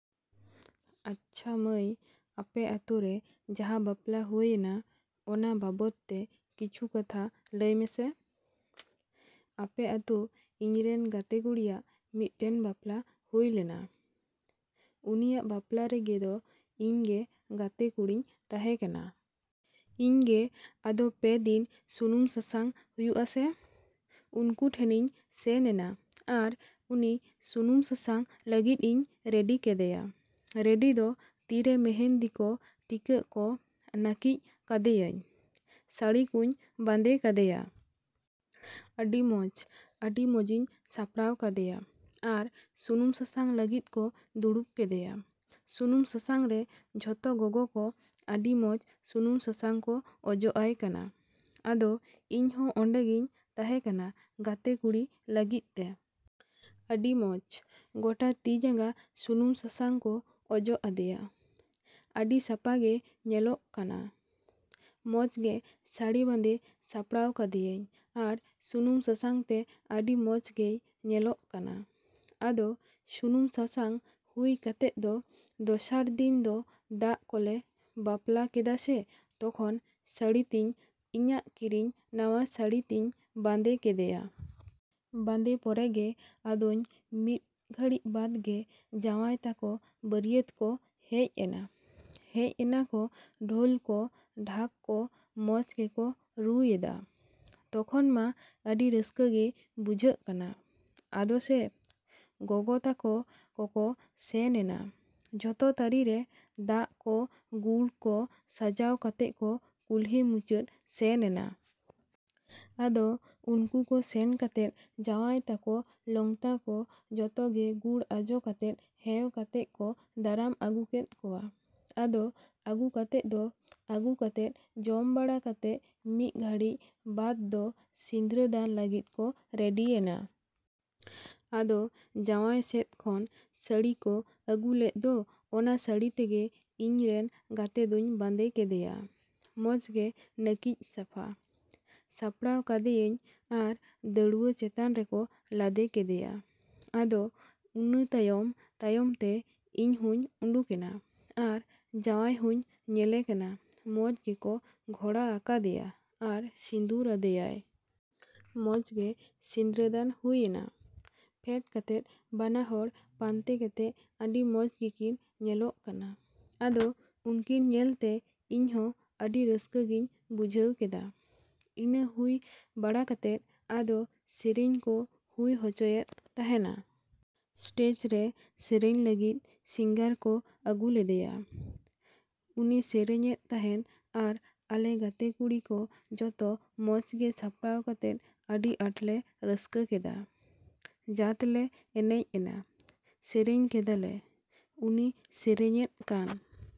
ᱟᱪᱪᱷᱟ ᱢᱟᱹᱭ, ᱟᱯᱮ ᱟᱛᱳᱨᱮ ᱡᱟᱦᱟᱸ ᱵᱟᱯᱞᱟ ᱦᱳᱭ ᱮᱱᱟ ᱚᱱᱟ ᱵᱟᱵᱚᱫ ᱛᱮ ᱠᱤᱪᱷᱩ ᱠᱟᱛᱷᱟ ᱞᱟᱹᱭ ᱢᱮᱥᱮ? ᱟᱞᱮ ᱟᱛᱳ ᱤᱧᱨᱮᱱ ᱜᱟᱛᱮ ᱠᱩᱲᱤᱭᱟᱜ ᱢᱤᱫ ᱴᱮᱱ ᱵᱟᱯᱞᱟ ᱦᱳᱭ ᱞᱮᱱᱟ᱾ ᱩᱱᱤᱭᱟᱜ ᱵᱟᱯᱞᱟ ᱨᱮᱜᱮ ᱫᱚ ᱤᱧ ᱜᱮ ᱜᱟᱛᱮ ᱠᱩᱲᱤᱧ ᱛᱟᱦᱮᱸ ᱠᱟᱱᱟ᱾ ᱤᱧ ᱜᱮ ᱟᱫᱚ ᱯᱮ ᱫᱤᱱ ᱥᱩᱱᱩᱢ ᱥᱟᱥᱟᱝ ᱦᱩᱭᱩᱜᱼᱟ ᱥᱮ ᱩᱱᱠᱩ ᱴᱷᱮᱱᱤᱧ ᱥᱮᱱ ᱮᱱᱟ ᱟᱨ ᱩᱱᱤ ᱥᱩᱱᱩᱢ ᱥᱟᱥᱟᱝ ᱞᱟᱹᱜᱤᱫ ᱤᱧ ᱨᱮᱰᱤ ᱠᱮᱫᱮᱭᱟ᱾ ᱨᱮᱰᱤ ᱫᱚ ᱛᱤ ᱨᱮ ᱢᱮᱦᱮᱱᱫᱤ ᱠᱚ, ᱴᱤᱠᱟᱹᱜ ᱠᱚ, ᱱᱟᱹᱠᱤᱪ ᱠᱟᱫᱮᱭᱟᱹᱧ, ᱥᱟᱹᱲᱤ ᱠᱚᱧ ᱵᱟᱸᱫᱮ ᱠᱟᱫᱮᱭᱟ᱾ ᱟᱹᱰᱤ ᱢᱚᱸᱡᱽ, ᱟᱹᱰᱤ ᱢᱚᱸᱡᱤᱧ ᱥᱟᱯᱲᱟᱣ ᱠᱟᱫᱮᱭᱟ᱾ ᱟᱫᱚ ᱥᱩᱱᱩᱢ ᱥᱟᱥᱟᱝ ᱞᱟᱹᱜᱤᱫ ᱠᱚ ᱫᱩᱲᱩᱵ ᱠᱮᱫᱮᱭᱟ᱾ ᱥᱩᱱᱩᱢ ᱥᱟᱥᱟᱝ ᱨᱮ ᱡᱷᱚᱛᱚ ᱜᱚᱜᱚ ᱠᱚ ᱟᱹᱰᱤ ᱢᱚᱸᱡᱽ ᱥᱩᱱᱩᱢ ᱥᱟᱥᱟᱝ ᱠᱚ ᱚᱡᱚᱜ ᱟᱭ ᱠᱟᱱᱟ᱾ ᱟᱫᱚ ᱤᱧ ᱦᱚᱸ ᱚᱸᱰᱮ ᱜᱤᱧ ᱛᱟᱦᱮᱸ ᱠᱟᱱᱟ ᱜᱟᱛᱮ ᱠᱩᱲᱤ ᱞᱟᱹᱜᱤᱫ ᱛᱮ᱾ ᱟᱹᱰᱤ ᱢᱚᱸᱡᱽ ᱜᱚᱴᱟ ᱛᱤ ᱡᱟᱸᱜᱟ ᱥᱩᱱᱩᱢ ᱥᱟᱥᱟᱝ ᱠᱚ ᱚᱡᱚᱜ ᱟᱫᱮᱭᱟ, ᱟᱹᱰᱤ ᱱᱟᱯᱟᱭᱮ ᱧᱮᱞᱚᱜ ᱠᱟᱱᱟ᱾ ᱢᱚᱸᱡᱽ ᱜᱮ ᱥᱟᱹᱲᱤ ᱵᱟᱸᱫᱮ ᱥᱟᱯᱲᱟᱣ ᱠᱟᱫᱮᱭᱟᱹᱧ ᱟᱨ ᱥᱩᱱᱩᱢ ᱥᱟᱥᱟᱝ ᱛᱮ ᱟᱹᱰᱤ ᱢᱚᱸᱡᱽ ᱜᱮᱭ ᱧᱮᱞᱚᱜ ᱠᱟᱱᱟ᱾ ᱟᱫᱚ ᱥᱩᱱᱩᱢ ᱥᱟᱥᱟᱝ ᱦᱩᱭ ᱠᱟᱛᱮᱫ ᱫᱚ ᱫᱚᱥᱟᱨ ᱫᱤᱱ ᱫᱚ ᱫᱟᱜ ᱠᱚᱞᱮ ᱵᱟᱯᱞᱟ ᱠᱮᱫᱟ ᱥᱮ ᱛᱚᱠᱷᱚᱱ ᱥᱟᱹᱲᱤ ᱛᱤᱧ, ᱤᱧᱟᱹᱜ ᱠᱤᱨᱤᱧ ᱱᱟᱣᱟ ᱥᱟᱹᱲᱤ ᱛᱤᱧ ᱵᱟᱸᱫᱮ ᱠᱮᱫᱮᱭᱟ᱾ ᱵᱟᱸᱫᱮ ᱯᱚᱨ ᱜᱮ ᱟᱫᱚᱧ ᱢᱤᱫ ᱜᱷᱟᱹᱲᱤ ᱵᱟᱫ ᱜᱮ ᱡᱟᱶᱟᱭ ᱛᱟᱠᱚ ᱵᱟᱹᱨᱭᱟᱹᱛ ᱠᱚ ᱦᱮᱡ ᱮᱱᱟ᱾ ᱦᱮᱡ ᱮᱱᱟᱠᱚ ᱰᱷᱳᱞ ᱠᱚ ᱰᱷᱟᱠ ᱠᱚ ᱢᱚᱸᱡᱽ ᱜᱮᱠᱚ ᱨᱩ ᱮᱫᱟ, ᱛᱚᱠᱷᱚᱱ ᱢᱟ ᱟᱹᱰᱤ ᱨᱟᱹᱥᱠᱟᱹ ᱜᱮ ᱵᱩᱡᱷᱟᱹᱜ ᱠᱟᱱᱟ᱾ ᱟᱫᱚ ᱥᱮ ᱜᱚᱜᱚ ᱛᱟᱠᱚ ᱠᱚᱠᱚ ᱥᱮᱱ ᱮᱱᱟ ᱡᱚᱛᱚ ᱛᱷᱟᱹᱨᱤ ᱨᱮ ᱫᱟᱜ ᱠᱚ ᱜᱩᱲ ᱠᱚ ᱥᱟᱡᱟᱣ ᱠᱟᱛᱮᱫ ᱠᱚ ᱠᱩᱞᱦᱤ ᱢᱩᱪᱟᱹᱫ ᱥᱮᱱ ᱮᱱᱟ᱾ ᱟᱫᱚ ᱩᱱᱠᱩ ᱠᱚ ᱥᱮᱱ ᱠᱟᱛᱮᱫ ᱡᱟᱶᱟᱭ ᱛᱟᱠᱚ, ᱞᱚᱝᱛᱟ ᱠᱚ ᱡᱚᱛᱚ ᱜᱮ ᱜᱩᱲ ᱟᱡᱚᱜ ᱠᱟᱛᱮᱫ, ᱦᱮᱣ ᱠᱟᱛᱮᱫ ᱠᱚ ᱫᱟᱨᱟᱢ ᱟᱹᱜᱩ ᱠᱮᱫ ᱠᱚᱣᱟ᱾ ᱟᱫᱚ ᱟᱹᱜᱩ ᱠᱟᱛᱮᱫ ᱫᱚ, ᱟᱹᱜᱩ ᱠᱟᱛᱮᱫ ᱡᱚᱢ ᱵᱟᱲᱟ ᱠᱟᱛᱮᱫ ᱢᱤᱫ ᱜᱷᱟᱹᱲᱤ ᱵᱟᱫ ᱫᱚ ᱥᱤᱸᱫᱽᱨᱟᱹ ᱫᱟᱱ ᱞᱟᱹᱜᱤᱫ ᱠᱚ ᱨᱮᱰᱤ ᱮᱱᱟ᱾ ᱟᱫᱚ ᱡᱟᱢᱟᱭ ᱥᱮᱫ ᱠᱷᱚᱱ ᱥᱟᱹᱲᱤ ᱠᱚ ᱟᱹᱜᱩ ᱞᱮᱫ ᱫᱚ ᱚᱱᱟ ᱥᱟᱹᱲᱤ ᱛᱮᱜᱮ ᱤᱧ ᱨᱮᱱ ᱜᱟᱛᱮ ᱫᱚᱧ ᱵᱟᱸᱫᱮ ᱠᱮᱫᱮᱭᱟ᱾ ᱢᱚᱸᱡᱽ ᱜᱮ ᱱᱟᱹᱠᱤᱪ ᱥᱟᱯᱷᱟ ᱥᱟᱯᱲᱟᱣ ᱠᱟᱫᱮᱭᱟᱹᱧ ᱟᱨ ᱫᱟᱹᱣᱲᱟᱹ ᱪᱮᱛᱟᱱ ᱨᱮᱠᱚ ᱞᱟᱫᱮ ᱠᱮᱫᱮᱭᱟ᱾ ᱟᱫᱚ ᱩᱱᱤ ᱛᱟᱭᱚᱢᱼᱛᱟᱭᱚᱢ ᱛᱮ ᱤᱧ ᱦᱚᱸᱧ ᱩᱰᱩᱠᱮᱱᱟ ᱟᱨ ᱡᱟᱢᱟᱭ ᱦᱚᱸᱧ ᱧᱮᱞᱮ ᱠᱟᱱᱟ ᱢᱚᱸᱡᱽ ᱜᱮᱠᱚ ᱜᱷᱚᱲᱟ ᱟᱠᱟᱫᱮᱭᱟ ᱟᱨ ᱥᱤᱸᱫᱩᱨ ᱟᱫᱮᱭᱟᱭ᱾ ᱢᱚᱸᱡᱽ ᱜᱮ ᱥᱤᱸᱫᱽᱨᱟᱹ ᱫᱟᱱ ᱦᱩᱭ ᱮᱱᱟ᱾ ᱯᱷᱮᱰ ᱠᱟᱛᱮᱫ ᱵᱟᱱᱟ ᱦᱚᱲ ᱯᱟᱱᱛᱮ ᱠᱟᱛᱮᱫ ᱟᱹᱰᱤ ᱢᱚᱸᱡᱽ ᱜᱮᱠᱤᱱ ᱧᱮᱞᱚᱜ ᱠᱟᱱᱟ᱾ ᱟᱫᱚ ᱩᱱᱠᱤᱱ ᱧᱮᱞᱛᱮ ᱤᱧ ᱦᱚᱸ ᱟᱹᱰᱤ ᱨᱟᱹᱥᱠᱟᱹ ᱜᱤᱧ ᱵᱩᱡᱷᱟᱹᱣ ᱠᱮᱫᱟ᱾ ᱤᱱᱟᱹ ᱦᱩᱭ ᱵᱟᱲᱟ ᱠᱟᱛᱮᱫ ᱟᱫᱚ ᱥᱮᱨᱮᱧ ᱠᱚ ᱦᱩᱭ ᱦᱚᱪᱚᱭᱮᱫ ᱛᱟᱸᱦᱮᱱᱟ᱾ ᱥᱴᱮᱡ ᱨᱮ ᱥᱮᱨᱮᱧ ᱞᱟᱹᱜᱤᱫ ᱥᱤᱝᱜᱟᱨ ᱠᱚ ᱟᱹᱜᱩ ᱞᱮᱫᱮᱭᱟ᱾ ᱩᱱᱤ ᱥᱮᱨᱮᱧᱮᱫ ᱛᱟᱸᱦᱮᱱ ᱟᱨ ᱟᱞᱮ ᱜᱟᱛᱮ ᱠᱩᱲᱤ ᱠᱚ ᱡᱚᱛᱚ ᱢᱚᱸᱡᱽ ᱜᱮ ᱥᱟᱯᱲᱟᱣ ᱠᱟᱛᱮᱫ ᱟᱹᱰᱤ ᱟᱸᱴ ᱞᱮ ᱨᱟᱹᱥᱠᱟᱹ ᱠᱮᱫᱟ᱾ ᱡᱟᱛ ᱞᱮ ᱮᱱᱮᱡ ᱮᱱᱟ, ᱥᱮᱨᱮᱧ ᱠᱮᱫᱟ ᱞᱮ᱾ ᱩᱱᱤ ᱥᱮᱨᱮᱧᱮᱫ ᱠᱟᱱ